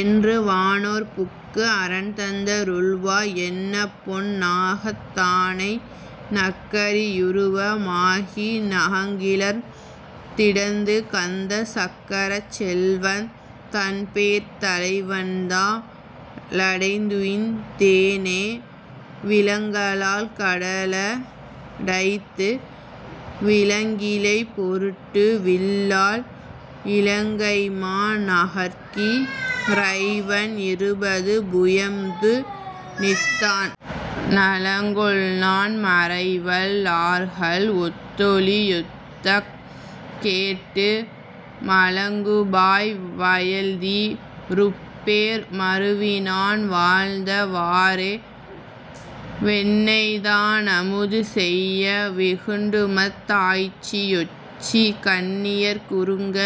என்று வானேர் புக்கு, அரண் தந்த ருள்வாய், என்னப்பொன் னாகத் தானை, நக்கரி யுருவ மாகி நகங்கிளர்ந் திடந்து கந்த, சக்கரச் செல்வன் தென்பேர்த் தலைவன்தா ளடைந்துய்ந் தேனே விலங்கலால் கடல டைத்து விளங்கிழை பொருட்டு, வில்லால், இலங்கைமா நகர்க்கி றைவன் இருபது புயம்து ணித்தான், நலங்கொள்நான் மறைவல் லார்கள் ஒத்தொலி யேத்தக் கேட்டு மலங்குபாய் வயல்தி ருப்பேர் மருவிநான் வாழ்ந்த வாறே வெண்ணெய்தா னமுது செய்ய வெகுண்டுமத் தாய்ச்சி யோச்சி, கண்ணியர் குறுங்க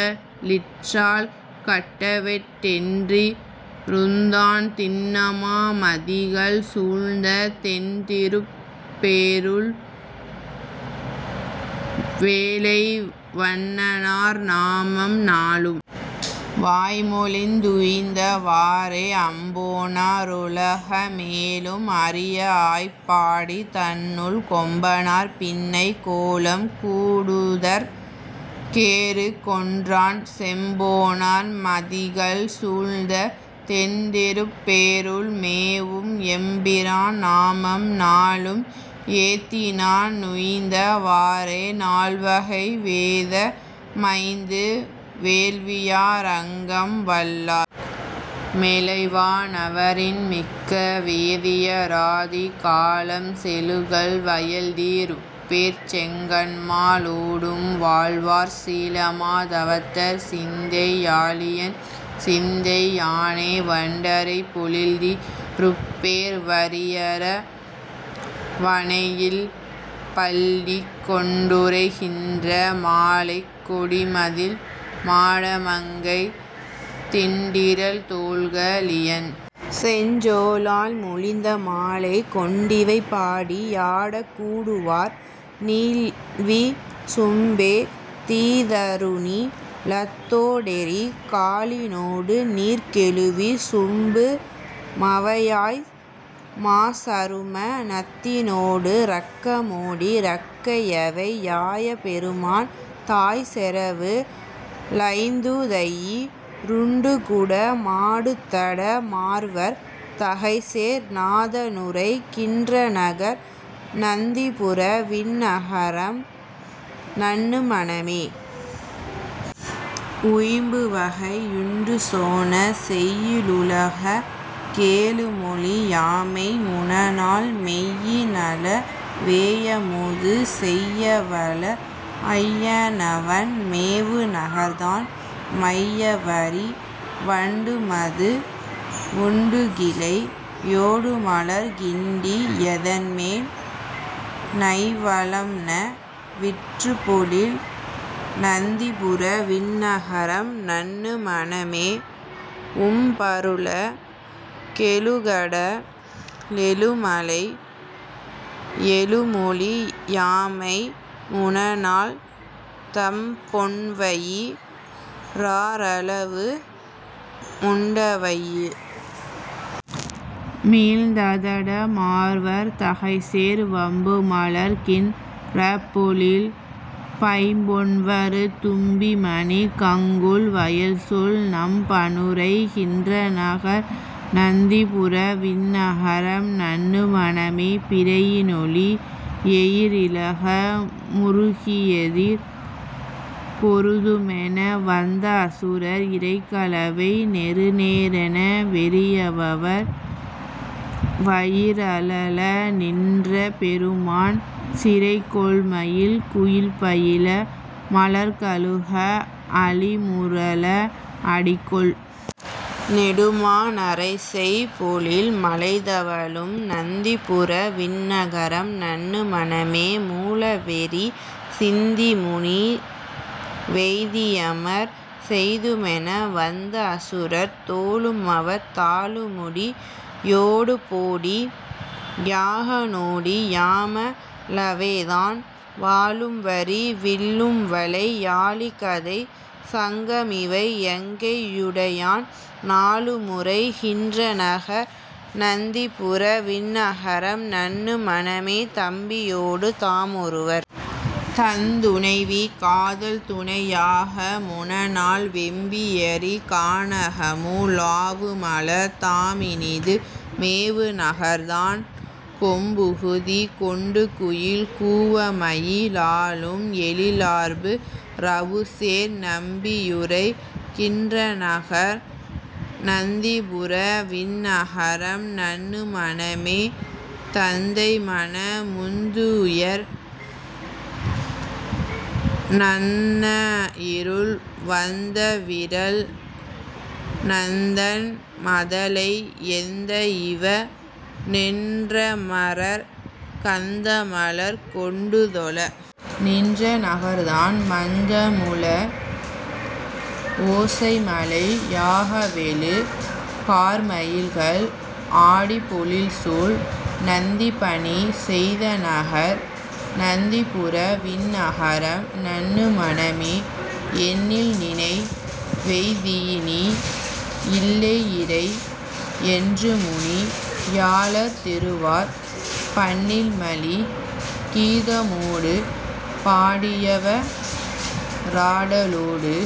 யிற்றால் கட்டவெட் டென்றி ருந்தான், திண்ணமா மதிள்கள் சூழ்ந்த தென்திருப் பேருள், வேலை வண்ணனார் நாமம் நாளும் வாய்மொழிந் துய்ந்த வாறே அம்பொனா ருலக மேழும் அறியஆய்ப் பாடி தன்னுள், கொம்பனார் பின்னை கோலம் கூடுதற் கேறு கொன்றான், செம்பொனார் மதிள்கள் சூழ்ந்த தென்திருப் பேருள் மேவும், எம்பிரான் நாமம் நாளும் ஏத்திநா னுய்ந்த வாறே நால்வகை வேத மைந்து வேள்வியா றங்கம் வல்லார், மேலைவா னவரின் மிக்க வேதிய ராதி காலம், சேலுகள் வயல்தி ருப்பேர்ச் செங்கண்மா லோடும் வாழ்வார், சீலமா தவத்தர் சிந்தை யாளியென் சிந்தை யானே வண்டறை பொழில்தி ருப்பேர் வரியர வணையில் பள்ளி கொண்டுறை கின்ற மாலைக் கொடிமதிள் மாட மங்கை, திண்டிறல் தோள்க லியன் செஞ்சொலால் மொழிந்த மாலை, கொண்டிவை பாடி யாடக் கூடுவார் நீள்வி சும்பே தீதறுநி லத்தொடெரி காலினொடு நீர்க்கெழுவி சும்பு மவையாய், மாசறும னத்தினொடு றக்கமொடி றக்கையவை யாய பெருமான், தாய்செறவு ளைந்துதயி ருண்டுகுட மாடுதட மார்வர் தகைசேர், நாதனுறை கின்றநகர் நந்திபுர விண்ணகரம் நண்ணு மனமே உய்யும்வகை யுண்டுசொன செய்யிலுலக கேழுமொழி யாமை முனநாள், மெய்யினள வேயமுது செய்யவல ஐயனவன் மேவு நகர்தான், மையவரி வண்டுமது வுண்டுகிளை யோடுமலர் கிண்டி யதன்மேல், நைவளம்ந விற்றுபொழில் நந்திபுர விண்ணகரம் நண்ணு மனமே உம்பருல கேழுகட லேழுமலை யேழுமொழி யாமை முனநாள், தம்பொன்வயி றாரளவு முண்டவையு மிழ்ந்ததட மார்வர் தகைசேர், வம்புமலர் கின் றபொழில் பைம்பொன்வரு தும்பிமணி கங்குல் வயல்சூழ், நம்பனுறை கின்றநகர் நந்திபுர விண்ணகரம் நண்ணு மனமே பிறையினொளி யெயிறிலக முறுகியெதிர் பொருதுமென வந்த அசுரர் இறைகளவை நெறுநெறென வெறியவவர் வயிறழல நின்ற பெருமான், சிறைகொள்மயில் குயில்பயில மலர்களுக அளிமுரல அடிகொள் நெடுமா, நறைசெய்பொழில் மழைதவழும் நந்திபுர விண்ணகரம் நண்ணு மனமே மூளவெரி சிந்திமுனி வெய்தியமர் செய்துமென வந்த அசுரர், தோளுமவர் தாளுமுடி யோடுபொடி யாகநொடி யாம ளவெய்தான், வாளும்வரி வில்லும்வளை யாழிகதை சங்கமிவை யங்கை யுடையான், நாளுமுறை கின்றநகர் நந்திபுர விண்ணகரம் நண்ணு மனமே தம்பியொடு தாமொருவர் தந்துணைவி காதல்துணை யாக முனநாள், வெம்பியெரி கானகமு லாவுமவர் தாமினிது மேவு நகர்தான், கொம்புகுதி கொண்டுகுயில் கூவமயி லாலும் எழி லார்பு றவுசேர், நம்பியுறை கின்றநகர் நந்திபுர விண்ணகரம் நண்ணு மனமே தந்தைமன முந்துதுயர் நந்நஇருள் வந்தவிறல் நந்தன் மதலை, எந்தையிவ னென்றமரர் கந்தமலர் கொண்டுதொழ நின்ற நகர்தான், மந்தமுழ வோசைமழை யாகவெழு கார்மயில்கள் ஆடுபொழில்சூழ், நந்திபணி செய்தநகர் நந்திபுர விண்ணகரம் நண்ணு மனமே எண்ணில்நினை வெய்தியினி யில்லையிறை யென்றுமுனி யாளர் திருவார், பண்ணில்மலி கீதமொடு பாடியவ ராடலொடு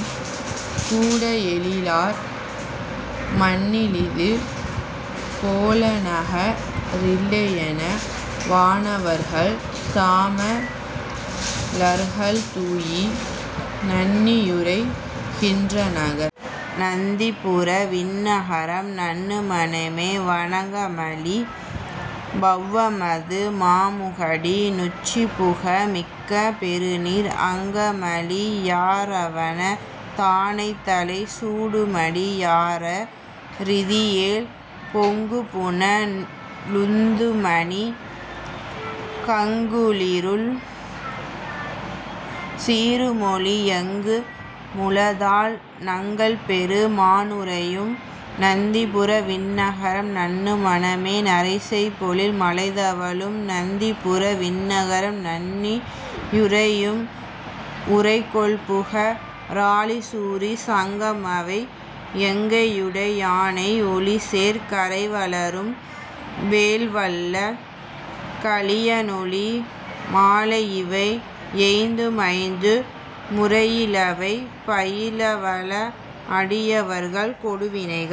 கூட எழிலார், மண்ணிலிது போலநக ரில்லையென வானவர்கள் தாம லர்கள்தூய் நண்ணியுறை கின்றநகர் நந்திபுர விண்ணகரம் நண்ணு மனமே வங்கமலி பௌவமது மாமுகடி னுச்சிபுக மிக்க பெருநீர், அங்கமழி யாரவன தாணைதலை சூடுமடி யார றிதியேல், பொங்குபுன லுந்துமணி கங்குலிருள் சீறுமொளி யெங்கு முளதால், நங்கள்பெரு மானுறையும் நந்திபுர விண்ணகரம் நண்ணு மனமே நறைசெய் பொழில் மழைதவழும் நந்திபுர விண்ணகரம் நண்ணி யுறையும், உறைகொள்புக ராழிசுரி சங்கமவை யங்கையுடை யானை, ஒளிசேர் கறைவளரும் வேல்வல்ல கலியனொலி மாலையிவை யைந்து மைந்தும், முறையிலவை பயிலவல அடியவர்கள் கொடுவினைகள்।